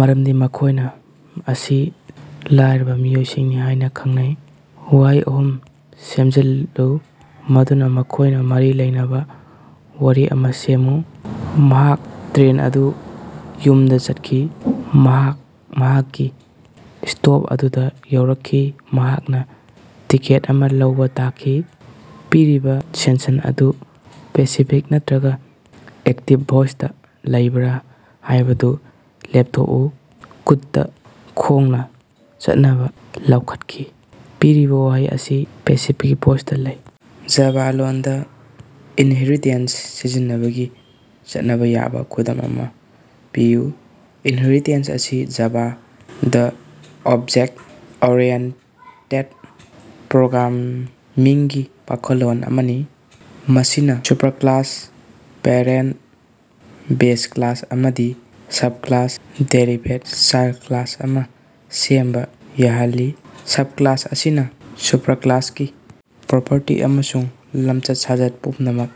ꯃꯔꯝꯗꯤ ꯃꯈꯣꯏꯅ ꯑꯁꯤ ꯂꯥꯏꯔꯕ ꯃꯤꯑꯣꯏꯁꯤꯡꯅꯤ ꯍꯥꯏꯅ ꯈꯪꯅꯩ꯫ ꯋꯥꯍꯩ ꯑꯍꯨꯝ ꯁꯦꯝꯖꯤꯜꯂꯨ ꯃꯗꯨꯅ ꯃꯈꯣꯏꯅ ꯃꯔꯤ ꯂꯩꯅꯕ ꯋꯥꯔꯤ ꯑꯃꯥ ꯁꯦꯝꯃꯨ꯫ ꯃꯍꯥꯛ ꯇ꯭ꯔꯦꯟ ꯑꯗꯨ ꯌꯨꯝꯗ ꯆꯠꯈꯤ꯫ ꯃꯍꯥꯛ ꯃꯍꯥꯛꯀꯤ ꯁ꯭ꯇꯣꯞ ꯑꯗꯨꯗꯥ ꯌꯧꯔꯛꯈꯤ꯫ ꯃꯍꯥꯛꯅ ꯇꯤꯀꯦꯠ ꯑꯃꯥ ꯂꯧꯕ ꯇꯥꯈꯤ꯫ ꯄꯤꯔꯤꯕꯥ ꯁꯦꯟꯁꯟ ꯑꯗꯨ ꯄꯦꯁꯤꯐꯤꯛ ꯅꯠꯇꯔꯒ ꯑꯦꯛꯇꯤꯕ ꯚꯣꯏꯁꯇ ꯂꯩꯕ꯭ꯔꯥ ꯍꯥꯏꯕꯗꯨ ꯂꯦꯞꯊꯣꯛꯎ꯫ ꯀꯨꯠꯇ ꯈꯣꯡꯅ ꯆꯠꯅꯕ ꯂꯧꯈꯠꯈꯤ꯫ ꯄꯤꯔꯤꯕꯥ ꯋꯥꯍꯩ ꯑꯁꯤ ꯄꯦꯁꯤꯐꯤꯛ ꯚꯣꯏꯁꯇ ꯂꯩ꯫। ꯖꯥꯚꯥ ꯂꯣꯟꯗ ꯏꯟꯍꯦꯔꯤꯇꯦꯁꯟ ꯁꯤꯖꯤꯟꯅꯕꯒꯤ ꯆꯠꯅꯕ ꯌꯥꯕ ꯈꯨꯗꯝ ꯑꯃꯥ ꯄꯤꯌꯨ꯫ ꯏꯟꯍꯦꯔꯤꯇꯦꯁꯟ ꯑꯁꯤ ꯖꯥꯚꯥꯗ ꯑꯣꯞꯖ‌ꯦꯛ ꯑꯣꯔꯤꯌ‌ꯦꯟꯇ‌ꯦꯠ ꯄ꯭ꯔ‌ꯣꯒ꯭ꯔꯥꯝꯃꯤꯡꯒꯤ ꯋꯥꯈꯜꯂꯣꯟ ꯑꯃꯅꯤ, ꯃꯁꯤꯅ ꯁꯨꯄꯔꯀꯂꯥꯁ ꯄꯦꯔꯦꯟꯇ ꯕꯦꯖ ꯀ꯭ꯂꯥꯁ ꯑꯃꯗꯒꯤ ꯁꯕꯀꯂꯥꯁ ꯗꯦꯔꯤꯕꯦꯗ ꯆꯥꯏꯜꯗ ꯀ꯭ꯂꯥꯁ ꯑꯃꯥ ꯁꯦꯝꯕ ꯌꯥꯍꯜꯂꯤ꯫ ꯁꯕꯀꯂꯥꯁ ꯑꯁꯤꯅ ꯁꯨꯄꯔꯀꯂꯥꯁꯀꯤ ꯄ꯭ꯔꯣꯄꯔꯇꯤ ꯑꯃꯁꯨꯡ ꯂꯝꯆꯠ-ꯁꯥꯖꯠ ꯄꯨꯝꯅꯃꯛ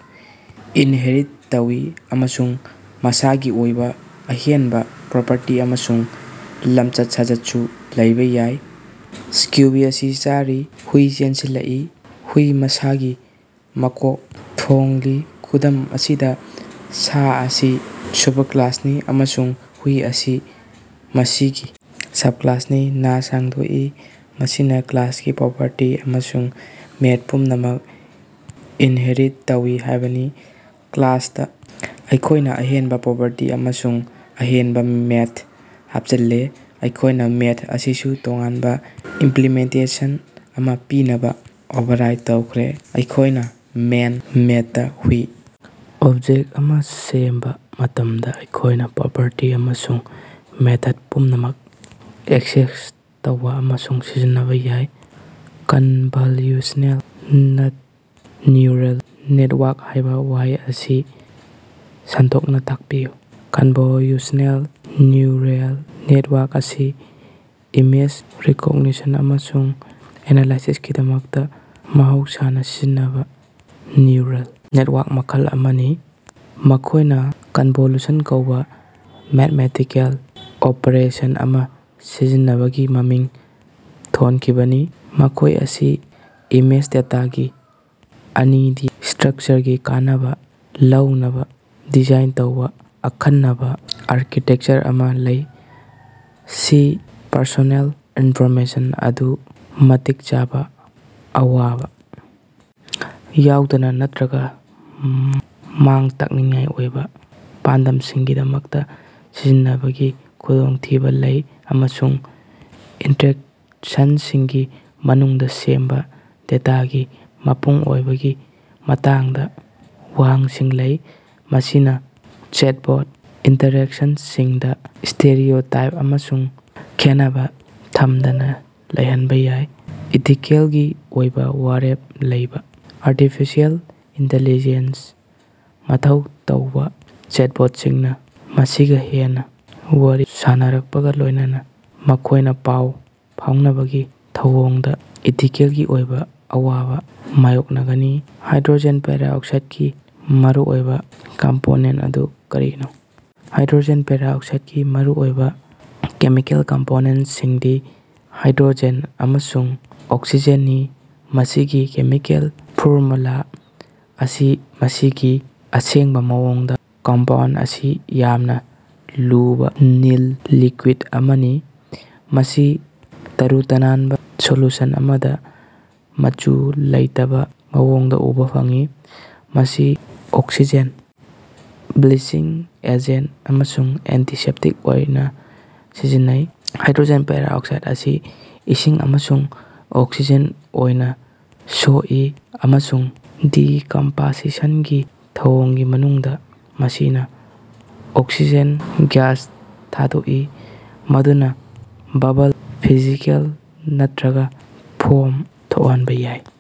ꯏꯟꯍꯦꯔꯤ ꯇꯧꯏ, ꯑꯃꯁꯨꯡ ꯃꯁꯥꯒꯤ ꯑꯣꯏꯕ ꯑꯍꯦꯟꯕ ꯄ꯭ꯔꯣꯄꯔꯇꯤ ꯑꯃꯁꯨꯡ ꯂꯝꯆꯠ-ꯁꯥꯖꯠꯁꯨ ꯂꯩꯕꯥ ꯌꯥꯏ꯫ ꯁ꯭ꯀꯨꯕꯤ ꯑꯁꯤ ꯆꯥꯔꯤ꯫ ꯍꯨꯏ ꯆꯦꯟꯁꯤꯜꯂꯛꯏ꯫ ꯍꯨꯏ ꯃꯁꯥꯒꯤ ꯃꯀꯣꯛ ꯊꯣꯡꯂꯤ꯫ ꯈꯨꯗꯝ ꯑꯁꯤꯗ, ꯁꯥ ꯑꯁꯤ ꯁꯨꯄꯔꯀꯂꯥꯁꯅꯤ, ꯑꯃꯁꯨꯡ ꯍꯨꯏ ꯑꯁꯤ ꯃꯁꯤꯒꯤ ꯁꯕꯀꯂꯥꯁꯅꯤ꯫ ꯅꯥ ꯁꯥꯡꯗꯣꯛꯏ, ꯃꯁꯤꯅ ꯀ꯭ꯂꯥꯁꯀꯤ ꯄ꯭ꯔꯣꯄꯔꯇꯤ ꯑꯃꯁꯨꯡ ꯃꯦꯠ ꯄꯨꯝꯅꯃꯛ ꯏꯟꯍꯦꯔꯤ ꯇꯧꯏ ꯍꯥꯏꯕꯅꯤ꯫ ꯀ꯭ꯂꯥꯁꯇ, ꯑꯩꯈꯣꯏꯅ ꯑꯍꯦꯟꯕ ꯄ꯭ꯔꯣꯄꯔꯇꯤ ꯑꯃꯁꯨꯡ ꯑꯍꯦꯟꯕ ꯃꯦꯊꯠ ꯍꯥꯞꯆꯤꯜꯂꯦ꯫ ꯑꯩꯈꯣꯏꯅ ꯃꯦꯊꯠ ꯑꯁꯤꯁꯨ ꯇꯣꯉꯥꯟꯕ ꯏꯝꯄꯂꯤꯃꯦꯟꯇꯦꯁꯟ ꯑꯃꯥ ꯄꯤꯅꯕ ꯑꯣꯚꯔꯔꯥꯏꯗ ꯇꯧꯈ꯭ꯔꯦ꯫ ꯑꯩꯈꯣꯏꯅ ꯃꯦꯟ ꯃꯦꯊꯗꯇꯥ ꯍꯨꯏ ꯑꯣꯕꯖꯦꯛ ꯑꯃ ꯁꯦꯝꯕ ꯃꯇꯝꯗ, ꯑꯩꯈꯣꯏꯒꯤ ꯄ꯭ꯔꯣꯄꯔꯇꯤ ꯑꯃꯁꯨꯡ ꯃꯦꯊꯗ ꯄꯨꯝꯅꯃꯛ ꯑꯦꯛꯁꯦꯁ ꯇꯧꯕ ꯑꯃꯁꯨꯡ ꯁꯤꯖꯤꯟꯅꯕ ꯌꯥꯏ꯫ ꯀꯟꯚꯜꯌꯨꯁꯅꯦꯜ ꯅ꯭ꯌꯨꯔꯜ ꯅꯦꯇꯋꯥꯔꯛ ꯍꯥꯏꯕ ꯋꯥꯍꯩ ꯑꯁꯤ ꯁꯟꯗꯣꯛꯅ ꯇꯥꯛꯄꯤꯌꯨ꯫ ꯀꯟꯚꯣꯂꯌꯨꯁꯅꯦꯜ ꯅ꯭ꯌꯨꯔꯜ ꯅꯦꯇꯋꯥꯔꯛ ꯑꯁꯤ ꯏꯃꯦꯖ ꯔꯤꯀꯣꯒꯅꯤꯁꯟ ꯑꯃꯁꯨꯡ ꯑꯦꯅꯥꯂꯥꯏꯁꯤꯁꯀꯤꯗꯃꯛꯇ ꯃꯍꯧꯁꯥꯅ ꯁꯤꯖꯤꯟꯅꯕ ꯅ꯭ꯌꯨꯔꯜ ꯅꯦꯇꯋꯥꯔꯛ ꯃꯈꯜ ꯑꯃꯅꯤ꯫ ꯃꯈꯣꯏꯅ ꯀꯟꯚꯣꯂꯨꯁꯟ ꯀꯧꯕ ꯃꯦꯊꯃꯦꯇꯤꯀꯦꯜ ꯑꯣꯄꯔꯦꯁꯟ ꯑꯃꯥ ꯁꯤꯖꯤꯟꯅꯕꯒꯤ ꯃꯃꯤꯡ ꯊꯣꯟꯈꯤꯕꯅꯤ, ꯃꯈꯣꯏ ꯑꯁꯤ ꯏꯃꯦꯖ ꯗꯦꯇꯥꯒꯤ ꯑꯅꯤꯗꯤ ꯁ꯭ꯇꯔꯀꯆꯔꯒꯤ ꯀꯥꯟꯅꯕ ꯂꯧꯅꯕ ꯗꯤꯖꯥꯏꯟ ꯇꯧꯕ ꯑꯈꯟꯅꯕ ꯑꯥꯔꯀꯤꯇꯦꯛꯆꯔ ꯑꯃꯥ ꯂꯩ꯫ ꯁꯤ ꯄꯔꯁꯣꯅꯦꯜ ꯏꯟꯐꯣꯔꯃꯦꯁꯟ ꯑꯗꯨ ꯃꯇꯤꯛ ꯆꯥꯕ ꯑꯋꯥꯕ ꯌꯥꯎꯗꯅ ꯅꯠꯇꯔꯒ ꯃꯥꯡ-ꯇꯥꯛꯅꯤꯡꯉꯥꯏ ꯑꯣꯏꯕ ꯄꯥꯟꯗꯝꯁꯤꯡꯒꯤꯗꯃꯛꯇ ꯁꯤꯖꯤꯟꯅꯕꯒꯤ ꯈꯨꯗꯣꯡꯊꯤꯕ ꯂꯩ, ꯑꯃꯁꯨꯡ ꯏꯟꯇꯔꯦꯛꯁꯟꯁꯤꯡꯒꯤ ꯃꯅꯨꯡꯗ ꯁꯦꯝꯕ ꯗꯦꯇꯥꯒꯤ ꯃꯄꯨꯡ ꯑꯣꯏꯕꯒꯤ ꯃꯇꯥꯡꯗ ꯋꯥꯍꯪꯁꯤꯡ ꯂꯩ꯫ ꯃꯁꯤꯅ ꯆꯦꯠꯕꯣꯠ ꯏꯟꯇꯔꯦꯛꯁꯟꯁꯤꯡꯗ ꯁ꯭ꯇꯦꯔꯤꯑꯣꯇꯥꯏꯞ ꯑꯃꯁꯨꯡ ꯈꯦꯠꯅꯕ ꯊꯝꯗꯅ ꯂꯩꯍꯟꯕ ꯌꯥꯏ꯫ ꯏꯊꯤꯀꯦꯜꯒꯤ ꯑꯣꯏꯕ ꯋꯥꯔꯦꯞ ꯂꯧꯕꯥ: ꯑꯥꯔꯇꯤꯐꯤꯁꯤꯑꯦꯜ ꯏꯟꯇ‌ꯦꯂꯤꯖ‌ꯦꯟꯁ ꯃꯊꯧ ꯇꯧꯕ ꯆꯦꯠꯕꯣꯠꯁꯤꯡꯅ ꯃꯤꯁꯤꯡꯒ ꯍꯦꯟꯅ ꯋꯥꯔꯤ ꯁꯥꯅꯔꯛꯄꯒ ꯂꯣꯏꯅꯅ ꯃꯈꯣꯏꯅ ꯄꯥꯎ ꯐꯥꯎꯅꯕꯒꯤ ꯊꯧꯑꯣꯡꯗ ꯏꯊꯤꯀꯦꯜꯒꯤ ꯑꯣꯏꯕ ꯑꯋꯥꯕ ꯃꯥꯌꯣꯛꯅꯒꯅꯤ꯫ ꯍꯥꯏꯗ꯭ꯔꯣꯖꯦꯟ ꯄꯦꯔꯣꯛꯁꯥꯏꯠꯀꯤ ꯃꯔꯨꯑꯣꯏꯕ ꯀꯝꯄꯣꯅꯦꯟ ꯑꯗꯨ ꯀꯔꯤꯅꯣ? ꯍꯥꯏꯗ꯭ꯔꯣꯖꯦꯟ ꯄꯦꯔꯣꯛꯁꯥꯏꯗꯀꯤ ꯃꯔꯨꯑꯣꯏꯕ ꯀꯦꯃꯤꯀꯦꯜ ꯀꯝꯄꯣꯅꯦꯟꯁꯤꯡꯗꯤ ꯍꯥꯏꯗ꯭ꯔꯣꯖꯦꯟ ꯑꯃꯁꯨꯡ ꯑꯣꯛꯁꯤꯖꯦꯟꯅꯤ, ꯃꯁꯤꯒꯤ ꯀꯦꯃꯤꯀꯦꯜ ꯐꯣꯔꯃꯨꯂꯥ ꯑꯁꯤ ꯃꯁꯤꯒꯤ ꯑꯁꯦꯡꯕ ꯃꯑꯣꯡꯗ, ꯀꯝꯄꯥꯎꯟꯠ ꯑꯁꯤ ꯌꯥꯝꯅ ꯂꯨꯕ ꯅꯤꯜ ꯂꯤꯀ꯭ꯌꯨꯏꯠ ꯑꯃꯅꯤ, ꯃꯁꯤ ꯇꯔꯨ-ꯇꯅꯥꯟꯕ ꯁꯣꯂ꯭ꯌꯨꯁꯟ ꯑꯃꯗ ꯃꯆꯨ ꯂꯩꯇꯕ ꯃꯑꯣꯡꯗ ꯎꯕ ꯐꯪꯏ꯫ ꯃꯁꯤ ꯑꯣꯛꯁꯤꯖꯦꯟ, ꯕ꯭ꯂꯤꯆꯤꯡ ꯑꯦꯖꯦꯟ ꯑꯃꯁꯨꯡ ꯑꯦꯟꯇꯤꯁꯦꯞꯇꯤꯛ ꯑꯣꯏꯅ ꯁꯤꯖꯤꯟꯅꯩ꯫ ꯍꯥꯏꯗ꯭ꯔꯣꯖꯦꯟ ꯄꯦꯔꯣꯛꯁꯥꯏꯠ ꯑꯁꯤ ꯏꯁꯤꯡ ꯑꯃꯁꯨꯡ ꯑꯣꯛꯁꯤꯖꯦꯟ ꯑꯣꯏꯅ ꯁꯣꯛꯏ, ꯑꯃꯁꯨꯡ ꯗꯤꯀꯝꯄꯁꯤꯁꯟꯒꯤ ꯊꯧꯑꯣꯡꯒꯤ ꯃꯅꯨꯡꯗ, ꯃꯁꯤꯅ ꯑꯣꯛꯁꯤꯖꯦꯟ ꯒ꯭ꯌꯥꯁ ꯊꯥꯗꯣꯛꯏ ꯃꯗꯨꯅ ꯕꯕꯜ, ꯐꯤꯖꯤꯀꯦꯜ ꯅꯠꯇꯔꯒ ꯐꯣꯝ ꯊꯣꯛꯍꯟꯕ ꯌꯥꯏ꯫